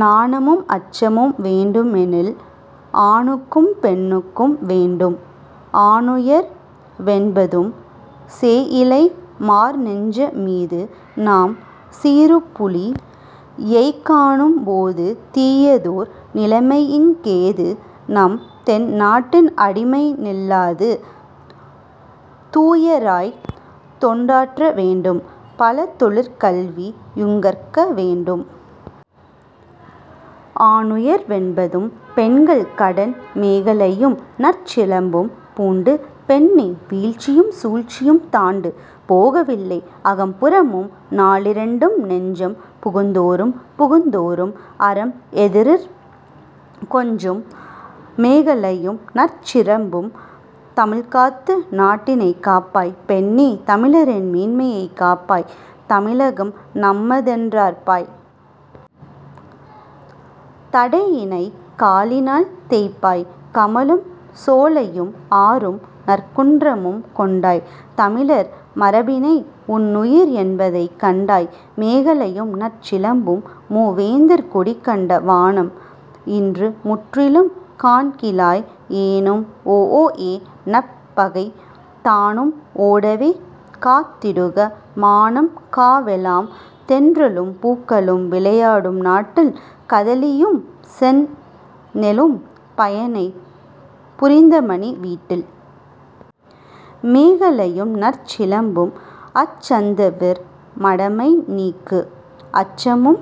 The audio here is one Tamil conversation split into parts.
நாணமும் அச்சமும் வேண்டும் -- எனில் ஆணுக்கும் பெண்ணுக்கும் வேண்டும். ஆணுயர் வென்பதும்... சேயிழை மார்நெஞ்ச மீது -- நாம் சீறுபுலி யைக்காணும் போது தீயதோர் நிலைமைஇங் கேது? -- நம் தென்னாட்டின் அடிமைநில் லாது. தூயராய்த் தொண்டாற்ற வேண்டும் -- பல தொழிற்கல்வி யுங்கற்க வேண்டும். ஆணுயர் வென்பதும்... பெண்கள் கடன் மேகலையும் நற்சிலம்பும் பூண்டு -- பெண்ணே வீழ்ச்சியும் சூழ்ச்சியும் தாண்டு! போகவில்லை அகம்புறமும், நாலிரண்டும் நெஞ்சம் புகுந்தோறும் புகுந்தோறும் அறம் எதிரிற் கொஞ்சும் மேகலையும் நற்சிலம்பும்... தமிழ்காத்து நாட்டினைக் காப்பாய் -- பெண்ணே தமிழரின் மேன்மையைக் காப்பாய் தமிழகம் நம்மதென் றார்ப்பாய்। தடையினைக் காலினால் தேய்ப்பாய்! கமழும் சோலையும், ஆறும் நற்குன்றமும் கொண்டாய் தமிழர் மரபினை உன்னுயிர் என்பதைக் கண்டாய். மேகலையும் நற்சிலம்பும்... மூவேந்தர் கொடி கண்ட வானம் -- இன்று முற்றிலும் கான்கிலாய் ஏனும் ஓஓஎ னப் பகை தானும் ஓடவே காத் திடுக மானம் காவெலாம் தென்றலும் பூக்களும் விளையாடும் நாட்டில் கதலியும் செந்நெலும் பயனைப் புரிந்தமணி வீட்டில். மேகலையும் நற்சிலம்பும்... அச்சந்தவிர், மடமை நீக்கு! அச்சமும்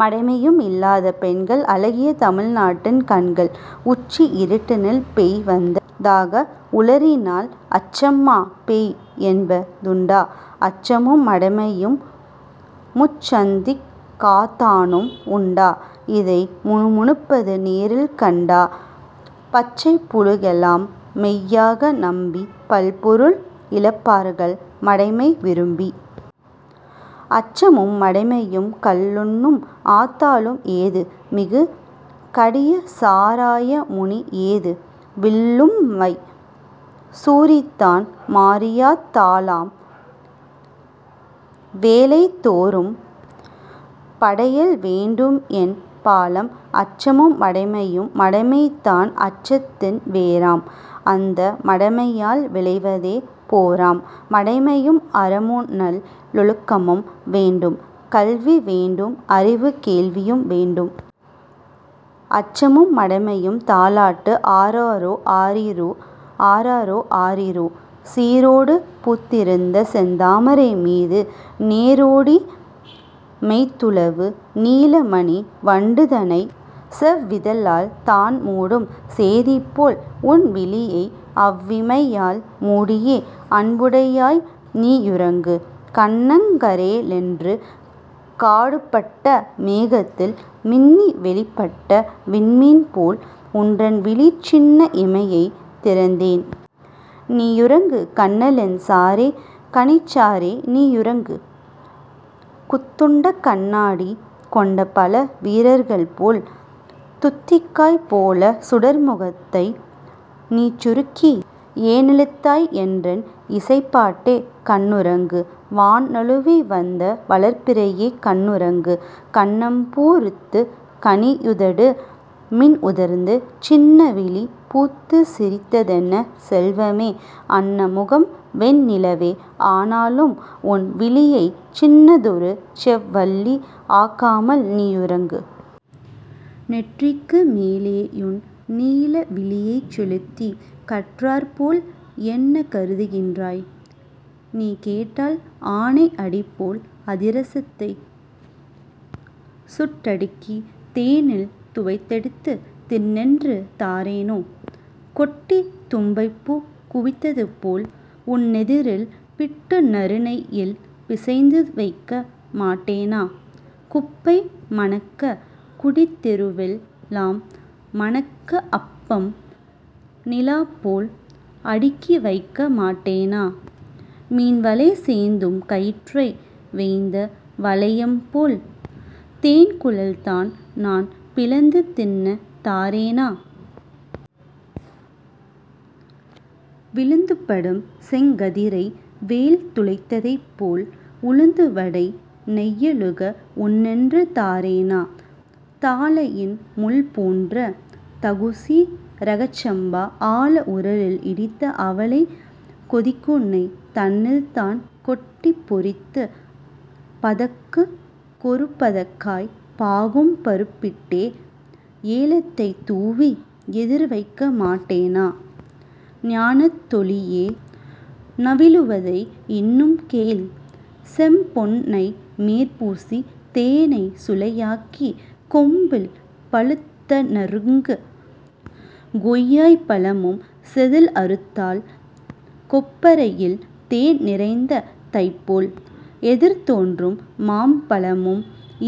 மடமையும் இல்லாத பெண்கள் அழகிய தமிழ் நாட்டின் கண்கள் உச்சி இருட்டினில் பேய்வந்த தாக உளறினால் அச்சமா? பேய் என்ப துண்டா? அச்சமும் மடமையும்... முச்சந்திக் காத்தானும் உண்டா? -- இதை முணுமுணுப்பது நேரில் கண்டா? பச்சைப் புளுகெலாம் மெய்யாக நம்பிப் பல்பொருள் இழப்பார்கள் மடமை விரும்பி! அச்சமும் மடமையும்... கள்ளுண்ணும் ஆத்தாளும் ஏது? -- மிகு கடியசா ராயமுனி ஏது? விள்ளும்வை சூரிதான் மாரியாத் தாளாம்; வேளைதோறும் படையல் வேண்டும்என் பாளாம். அச்சமும் மடமையும்... மடமைதான் அச்சத்தின் வேராம் -- அந்த மடமையால் விளைவதே போராம்! மடமையும் அறமுநல் லொழுக்கமும் வேண்டும் கல்விவேண் டும்அறிவு கேள்வியும் வேண்டும். அச்சமும் மடமையும்... தாலாட்டு ஆராரோ ஆரரிரோ ஆராரோ ஆரரிரோ! சீரோடு பூத்திருந்த செந்தாமரை மீது நேரோடி மொய்த்துலவு நீலமணி வண்டுதனைச் செவ்விதழால் தான்மூடும் சேதிபோல் உன்விழியை அவ்விமையால் மூடியே அன்புடையாய் நீயுறங்கு! கன்னங் கறேலென்று காடுபட்ட மேகத்தில் மின்னி வெளிப்பட்ட விண்மீன்போல் உன்றன்விழி சின்ன இமையைத் திறந்ததேன்? நீயுறங்கு! கன்னலின் சாறே கனிச்சாறே நீயுறங்கு! குத்துண்ட கண்ணாடி கொண்டபல வீரர்கள்போல் துத்திக்காய் போலச் சுடர்முகத்தை நீசுருக்கி ஏனழுதாய் என்றன் இசைப்பாட்டே கண்ணுறங்கு! வான்நழுவி வந்த வளர்பிறையே கண்ணுறங்கு! கன்னம்பூ ரித்துக் கனியுதடு மின்உதிர்த்துச் சின்னவிழி பூத்துச் சிரித்ததென்ன செல்வமே? அன்னைமுகம் வெண்ணிலவே ஆனாலும் உன்விழியைச் சின்னதொரு செவ்வல்லி ஆக்காமல் நீயுறங்கு! நெற்றிக்கு மேலேயுன் நீலவிழியைச் செலுத்திக் கற்றார்போல் என்ன கருதுகின்றாய்? நீகேட்டால் ஆனை அடிபோல் அதிரசத்தைச் சுட்டடுக்கித் தேனில் துவைத்தெடுத்துத் தின்னென்று தாரேனோ? கொட்டித் தும்பைப்பூக் குவித்ததுபோல் உன்னெதிரில் பிட்டுநறு நெய்யில் பிசைந்துவைக்க மாட்டேனா? குப்பைமணக்கக் குடித்தெருவெல் லாம் மணக்க அப்பம் நிலாப்போல் அடுக்கிவைக்க மாட்டேனா? மீன்வலைசேந் தும்கயிற்றை வேய்ந்த வளையம்போல் தேன்குழல்தான் நான்பிழிந்து தின்னத் தாரேனா? விழுந்துபடும் செங்கதிரை வேல் துளைத்ததைப்போல் உழுந்துவடை நெய்யழுக உண்ணென்று தாரேனா? தாழையின் முள்போன்ற தகுசீ ரகச்சம்பா ஆழ உரலில் இடித்த அவலைக் கொதிக்குநெய் தன்னில்தான் கொட்டிப் பொறித்துப் பதக்குக் கொருபதக்காய்ப் பாகும் பருப்புமிட்டே ஏலத்தைத் தூவி எதிர் வைக்கமாட்டேனா? ஞாலத்தொளியே நவிலுவதை இன்னும் கேள்: செம்பொன்னை மேற்பூசித் தேனைச் சுளையாக்கிக் கொம்பில் பழுத்தநறுங் கொய்யாப் பழமும் செதில்அறுத்தால் கொப்பரையில் தேன்நிறைந்த தைப்போல் எதிர்த்தோன்றும் மாம்பழமும்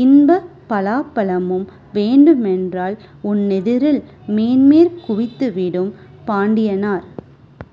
இன்பப் பலாப்பழமும் வேண்டுமென்றால் உன்னெதிரில் மேன்மேற் குவிந்துவிடும். பாண்டியனார்